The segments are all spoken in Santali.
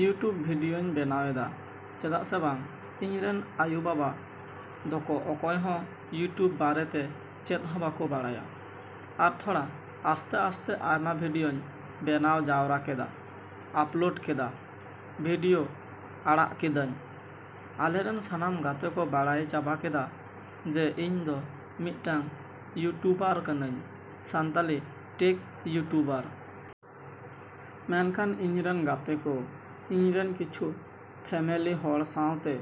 "ᱤᱭᱩᱴᱩᱵᱽ ᱵᱷᱤᱰᱭᱳᱧ ᱵᱮᱱᱟᱣᱮᱫᱟ ᱪᱮᱫᱟᱜ ᱥᱮ ᱵᱟᱝ ᱤᱧ ᱨᱮᱱ ᱟᱭᱩ ᱵᱟᱵᱟ ᱫᱚᱠᱚ ᱚᱠᱚᱭᱦᱚᱸ ᱤᱭᱩᱴᱩᱵᱽ ᱵᱟᱨᱮᱛᱮ ᱪᱮᱫ ᱦᱚᱸ ᱵᱟᱠᱚ ᱵᱟᱰᱟᱭᱟ᱾ ᱟᱨ ᱛᱷᱚᱲᱟ ᱟᱥᱛᱮᱼᱟᱥᱛᱮ ᱟᱭᱢᱟ ᱵᱷᱤᱰᱭᱳᱧ ᱵᱮᱱᱟᱣ ᱡᱟᱣᱨᱟ ᱠᱮᱫᱟ, ᱟᱯᱞᱳᱰ ᱠᱮᱫᱟ, ᱵᱷᱤᱰᱭᱳ ᱟᱲᱟᱜ ᱠᱮᱫᱟᱹᱧ᱾ ᱟᱞᱮ ᱨᱮᱱ ᱥᱟᱱᱟᱢ ᱜᱟᱛᱮ ᱠᱚ ᱵᱟᱰᱟᱭ ᱪᱟᱵᱟ ᱠᱮᱫᱟ ᱡᱮ ᱤᱧ ᱫᱚ ᱢᱤᱫᱴᱟᱹᱝ ᱤᱭᱩᱴᱩᱵᱟᱨ ᱠᱟᱱᱟᱧ, ᱥᱟᱱᱛᱟᱞᱤ ᱴᱮᱠ ᱤᱭᱩᱴᱩᱵᱟᱨ᱾ ᱢᱮᱱᱠᱷᱟᱱ ᱤᱧ ᱨᱮᱱ ᱜᱟᱛᱮ ᱠᱚ, ᱤᱧᱨᱮᱱ ᱠᱤᱪᱷᱩ ᱯᱷᱮᱢᱮᱞᱤ ᱦᱚᱲ ᱥᱟᱶᱛᱮ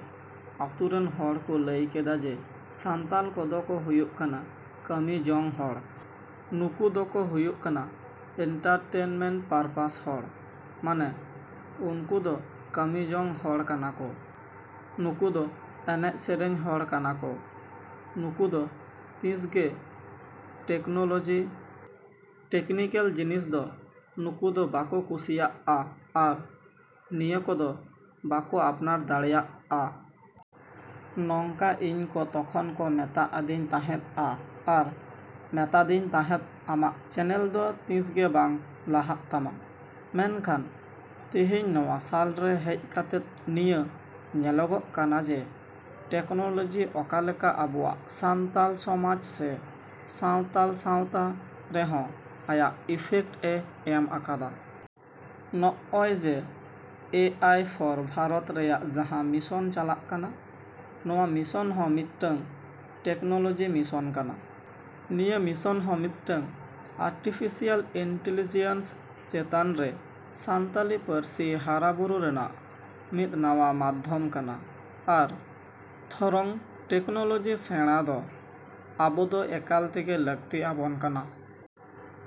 ᱟᱹᱛᱩ ᱨᱮᱱ ᱦᱚᱲ ᱠᱚ ᱞᱟᱹᱭ ᱠᱮᱫᱟ ᱡᱮ ᱥᱟᱱᱛᱟᱞ ᱠᱚᱫᱚ ᱠᱚ ᱦᱩᱭᱩᱜ ᱠᱟᱱᱟ ᱠᱟᱹᱢᱤ ᱡᱚᱝ ᱦᱚᱲ, ᱱᱩᱠᱩ ᱫᱚᱠᱚ ᱦᱩᱭᱩᱜ ᱠᱟᱱᱟ ᱤᱱᱴᱟᱨᱴᱮᱱᱢᱮᱱᱴ ᱯᱟᱨᱯᱟᱥ ᱦᱚᱲ᱾ ᱢᱟᱱᱮ ᱩᱱᱠᱩ ᱫᱚ ᱠᱟᱹᱢᱤ ᱡᱚᱝ ᱦᱚᱲ ᱠᱟᱱᱟ ᱠᱚ, ᱱᱩᱠᱩ ᱫᱚ ᱮᱱᱮᱡ ᱥᱮᱨᱮᱧ ᱦᱚᱲ ᱠᱟᱱᱟ ᱠᱚ, ᱱᱩᱠᱩ ᱫᱚ ᱛᱤᱸᱥᱜᱮ ᱴᱮᱠᱱᱳᱞᱚᱡᱤ, ᱴᱮᱠᱱᱤᱠᱮᱞ ᱡᱤᱱᱤᱥ ᱫᱚ ᱱᱩᱠᱩ ᱫᱚ ᱵᱟᱠᱚ ᱠᱩᱥᱤᱭᱟᱜᱼᱟ ᱟᱨ ᱱᱤᱭᱟᱹ ᱠᱚᱫᱚ ᱵᱟᱠᱚ ᱟᱯᱱᱟᱨ ᱫᱟᱲᱮᱭᱟᱜᱼᱟ᱾ ᱱᱚᱝᱠᱟ ᱤᱧ ᱠᱚ ᱛᱚᱠᱷᱚᱱ ᱠᱚ ᱢᱮᱛᱟ ᱟᱫᱤᱧ ᱛᱟᱦᱮᱸᱫᱼᱟ ᱟᱨ ᱢᱮᱛᱟᱫᱤᱧ ᱛᱟᱦᱮᱸᱫ ᱟᱢᱟᱜ ᱪᱮᱱᱮᱞ ᱫᱚ ᱛᱤᱸᱥᱜᱮ ᱵᱟᱝ ᱞᱟᱦᱟᱜ ᱛᱟᱢᱟ᱾ ᱢᱮᱱᱠᱷᱟᱱ ᱛᱤᱸᱦᱤᱧ ᱱᱚᱶᱟ ᱥᱟᱞᱨᱮ ᱦᱮᱡ ᱠᱟᱛᱮᱫ ᱱᱤᱭᱟᱹ ᱧᱮᱞᱚᱜᱚᱜ ᱠᱟᱱᱟ ᱡᱮ ᱴᱮᱠᱱᱳᱞᱚᱡᱤ ᱚᱠᱟ ᱞᱮᱠᱟ ᱟᱵᱚᱣᱟᱜ ᱥᱟᱱᱛᱟᱞ ᱥᱚᱢᱟᱡ ᱥᱮ ᱥᱟᱶᱛᱟᱞ ᱥᱟᱶᱛᱟ ᱨᱮᱦᱚᱸ ᱟᱭᱟᱜ ᱤᱯᱷᱮᱠᱴ ᱮ ᱮᱢ ᱟᱠᱟᱫᱟ᱾ ᱱᱚᱜᱼᱚᱭ ᱡᱮ ᱮ ᱟᱭ ᱯᱷᱳᱨ ᱵᱷᱟᱨᱚᱛ ᱨᱮᱭᱟᱜ ᱡᱟᱦᱟᱸ ᱢᱤᱥᱚᱱ ᱪᱟᱞᱟᱜ ᱠᱟᱱᱟ, ᱱᱚᱣᱟ ᱢᱤᱥᱚᱱ ᱦᱚᱸ ᱢᱤᱫᱴᱟᱹᱝ ᱴᱮᱠᱱᱳᱞᱚᱡᱤ ᱢᱤᱥᱚᱱ ᱠᱟᱱᱟ᱾ ᱱᱤᱭᱟᱹ ᱢᱤᱥᱚᱱ ᱦᱚᱸ ᱢᱤᱫᱴᱟᱹᱝ ᱟᱨᱴᱤᱯᱷᱤᱥᱤᱭᱟᱞ ᱤᱱᱴᱤᱞᱤᱡᱤᱭᱟᱱᱥ ᱪᱮᱛᱟᱱᱨᱮ ᱥᱟᱱᱛᱟᱞᱤ ᱯᱟᱹᱨᱥᱤ ᱦᱟᱨᱟ ᱵᱩᱨᱩ ᱨᱮᱱᱟᱜ ᱢᱤᱫ ᱱᱟᱣᱟ ᱢᱟᱫᱽᱫᱷᱚᱢ ᱠᱟᱱᱟ ᱟᱨ ᱛᱷᱚᱨᱚᱝ ᱴᱮᱠᱱᱳᱞᱚᱡᱤ ᱥᱮᱸᱲᱟ ᱫᱚ ᱟᱵᱚ ᱫᱚ ᱮᱠᱟᱞ ᱛᱮᱜᱮ ᱞᱟᱹᱠᱛᱤ ᱟᱵᱚᱱ ᱠᱟᱱᱟ᱾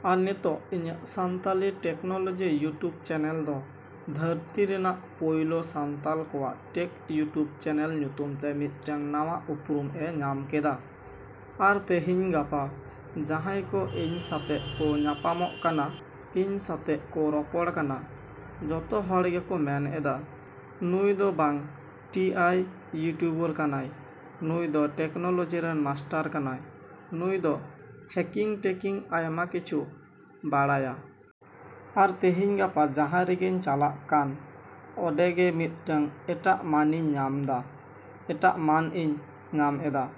ᱟᱨ ᱱᱤᱛᱚᱜ ᱤᱧᱟᱹᱜ ᱥᱟᱱᱛᱟᱞᱤ ᱴᱮᱠᱱᱳᱞᱚᱡᱤ ᱤᱭᱩᱴᱩᱵᱽ ᱪᱮᱱᱮᱞ ᱫᱚ ᱫᱷᱟᱹᱨᱛᱤ ᱨᱮᱱᱟᱜ ᱯᱩᱭᱞᱟᱹ ᱥᱟᱱᱛᱟᱞ ᱠᱚᱣᱟᱜ ᱴᱮᱠ ᱤᱭᱩᱴᱩᱵ ᱪᱮᱱᱮᱞ ᱧᱩᱛᱩᱢ ᱛᱮ ᱢᱤᱫᱴᱟᱹᱝ ᱱᱟᱣᱟ ᱩᱯᱨᱩᱢ ᱮ ᱧᱟᱢ ᱠᱮᱫᱟ᱾ ᱟᱨ ᱛᱮᱦᱤᱧ ᱜᱟᱯᱟ ᱡᱟᱦᱟᱸᱭ ᱠᱚ ᱤᱧ ᱥᱟᱛᱮᱜ ᱠᱚ ᱧᱟᱯᱟᱢᱚᱜ ᱠᱟᱱᱟ, ᱤᱧ ᱥᱟᱛᱮᱜ ᱠᱚ ᱨᱚᱯᱚᱲ ᱠᱟᱱᱟ, ᱡᱚᱛᱚ ᱦᱚᱲ ᱜᱮᱠᱚ ᱢᱮᱱ ᱮᱫᱟ, ""ᱱᱩᱭ ᱫᱚ ᱵᱟᱝ ᱴᱤ ᱟᱭ ᱤᱭᱩᱴᱩᱵᱟᱨ ᱠᱟᱱᱟᱭ, ᱱᱩᱭ ᱫᱚ ᱴᱮᱠᱱᱳᱞᱚᱡᱤ ᱨᱮᱱ ᱢᱟᱥᱴᱟᱨ ᱠᱟᱱᱟᱭ, ᱱᱩᱭ ᱫᱚ ᱦᱮᱠᱤᱝ ᱴᱮᱠᱤᱝ ᱟᱭᱢᱟ ᱠᱤᱪᱷᱩ ᱵᱟᱲᱟᱭᱟ᱾"" ᱟᱨ ᱛᱮᱦᱤᱧ ᱜᱟᱯᱟ ᱡᱟᱦᱟᱸ ᱨᱮᱜᱤᱧ ᱪᱟᱞᱟᱜ ᱠᱟᱱ ᱚᱰᱮ ᱜᱮ ᱢᱤᱫᱴᱟᱹᱝ ᱮᱴᱟᱜ ᱢᱟᱱᱤᱧ ᱧᱟᱢᱫᱟ, ᱮᱴᱟᱜ ᱢᱟᱹᱱ ᱤᱧ ᱧᱟᱢ ᱮᱫᱟ,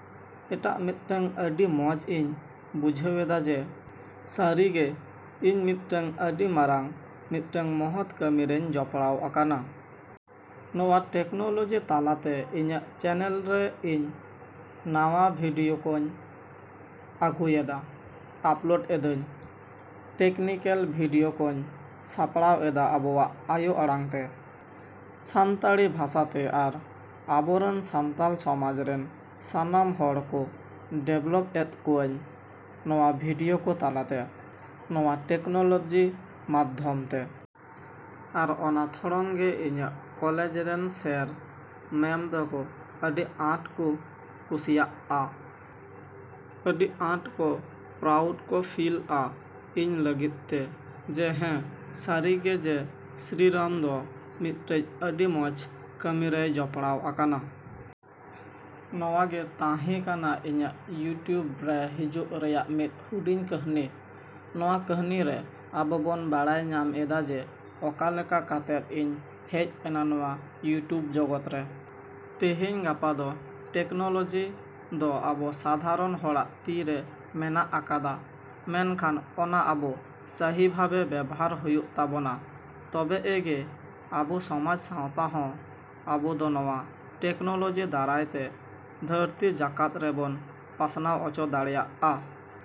ᱮᱴᱟᱜ ᱢᱤᱫᱴᱟᱹᱝ ᱟᱹᱰᱤ ᱢᱚᱸᱡ ᱤᱧ ᱵᱩᱡᱷᱟᱹᱣᱮᱫᱟ ᱡᱮ ᱥᱟᱹᱨᱤᱜᱮ ᱤᱧ ᱢᱤᱫᱴᱟᱹᱝ ᱟᱹᱰᱤ ᱢᱟᱨᱟᱝ ᱢᱤᱫᱴᱟᱹᱝ ᱢᱚᱦᱚᱛ ᱠᱟᱹᱢᱤᱨᱤᱧ ᱡᱚᱯᱲᱟᱣ ᱟᱠᱟᱱᱟ᱾ ᱱᱚᱣᱟ ᱴᱮᱠᱱᱳᱞᱚᱡᱤ ᱛᱟᱞᱟᱛᱮ ᱤᱧᱟᱹᱜ ᱪᱮᱱᱮᱞ ᱨᱮ ᱤᱧ ᱱᱟᱣᱟ ᱵᱷᱤᱰᱭᱳ ᱠᱚᱸᱧ ᱟᱹᱜᱩᱭᱮᱫᱟ, ᱟᱯᱞᱳᱰ ᱮᱫᱟᱹᱧ, ᱴᱮᱠᱱᱤᱠᱮᱞ ᱵᱷᱤᱰᱤᱭᱳ ᱠᱚᱸᱧ ᱥᱟᱯᱲᱟᱣ ᱮᱫᱟ ᱟᱵᱚᱣᱟᱜ ᱟᱭᱳ ᱟᱲᱟᱝᱛᱮ, ᱥᱟᱱᱛᱟᱲᱤ ᱵᱷᱟᱥᱟᱛᱮ ᱟᱨ ᱟᱵᱚ ᱨᱮᱱ ᱥᱟᱱᱛᱟᱞ ᱥᱚᱢᱟᱡᱽ ᱨᱮᱱ ᱥᱟᱱᱟᱢ ᱦᱚᱲ ᱠᱚ ᱰᱮᱵᱷᱞᱚᱯ ᱮᱫ ᱠᱚᱣᱟᱹᱧ ᱱᱚᱣᱟ ᱵᱷᱤᱰᱭᱳ ᱠᱚ ᱛᱟᱞᱟᱛᱮ, ᱱᱚᱣᱟ ᱴᱮᱠᱱᱳᱞᱚᱡᱤ ᱢᱟᱫᱽᱫᱷᱚᱢᱛᱮ᱾ ᱟᱨ ᱚᱱᱟ ᱛᱷᱚᱲᱚᱝ ᱜᱮ ᱤᱧᱟᱹᱜ ᱠᱚᱞᱮᱡᱽ ᱨᱮᱱ ᱥᱮᱨ, ᱢᱮᱢ ᱛᱟᱠᱚ ᱟᱹᱰᱤ ᱟᱸᱴ ᱠᱚ ᱠᱩᱥᱤᱭᱟᱜᱼᱟ, ᱟᱹᱰᱤ ᱟᱸᱴ ᱠᱚ ᱯᱨᱟᱩᱰ ᱠᱚ ᱯᱷᱤᱞᱼᱟ ᱤᱧ ᱞᱟᱹᱜᱤᱫ ᱛᱮ ᱡᱮ ᱦᱮᱸ ᱥᱟᱹᱨᱤᱜᱮ ᱡᱮ ᱥᱨᱤᱨᱟᱢ ᱫᱚ ᱢᱤᱫᱴᱟᱹᱡ ᱟᱹᱰᱤ ᱢᱚᱸᱡ ᱠᱟᱹᱢᱤᱨᱮᱭ ᱡᱚᱯᱲᱟᱣ ᱟᱠᱟᱱᱟ᱾ ᱱᱚᱣᱟᱜᱮ ᱛᱟᱦᱮᱸ ᱠᱟᱱᱟ ᱤᱧᱟᱹᱜ ᱤᱭᱩᱴᱩᱵᱽ ᱨᱮ ᱦᱤᱡᱩᱜ ᱨᱮᱭᱟᱜ ᱢᱤᱫ ᱦᱩᱰᱤᱧ ᱠᱟᱹᱦᱱᱤ᱾ ᱱᱚᱣᱟ ᱠᱟᱹᱦᱤᱱᱤᱨᱮ ᱟᱵᱚ ᱵᱚᱱ ᱵᱟᱲᱟᱭ ᱧᱟᱢ ᱮᱫᱟ ᱡᱮ ᱚᱠᱟ ᱞᱮᱠᱟ ᱠᱟᱛᱮᱫ ᱤᱧ ᱦᱮᱡ ᱮᱱᱟ ᱱᱚᱣᱟ ᱤᱭᱩᱴᱤᱣᱩᱵᱽ ᱡᱚᱜᱚᱛ ᱨᱮ᱾ ᱛᱮᱦᱮᱧ ᱜᱟᱯᱟ ᱫᱚ ᱴᱮᱠᱱᱳᱞᱚᱡᱤ ᱫᱚ ᱟᱵᱚ ᱥᱟᱫᱷᱟᱨᱚᱱ ᱦᱚᱲᱟᱜ ᱛᱤᱨᱮ ᱢᱮᱱᱟᱜ ᱟᱠᱟᱫᱟ ᱢᱮᱱᱠᱷᱟᱱ ᱚᱱᱟ ᱟᱵᱚ ᱥᱟᱦᱤ ᱵᱷᱟᱵᱮ ᱵᱮᱵᱚᱦᱟᱨ ᱦᱩᱭᱩᱜ ᱛᱟᱵᱚᱱᱟ ᱛᱚᱵ ᱮ ᱜᱮ ᱟᱵᱚ ᱥᱚᱢᱟᱡ ᱥᱟᱶᱛᱟ ᱦᱚᱸ ᱟᱵᱚ ᱫᱚ ᱱᱚᱣᱟ ᱴᱮᱠᱱᱳᱞᱚᱡᱤ ᱫᱟᱨᱟᱭ ᱛᱮ ᱫᱷᱟᱹᱨᱛᱤ ᱡᱟᱠᱟᱛ ᱨᱮᱵᱚᱱ ᱯᱟᱥᱱᱟᱣ ᱚᱪᱚ ᱫᱟᱲᱮᱭᱟᱜᱼᱟ᱾।"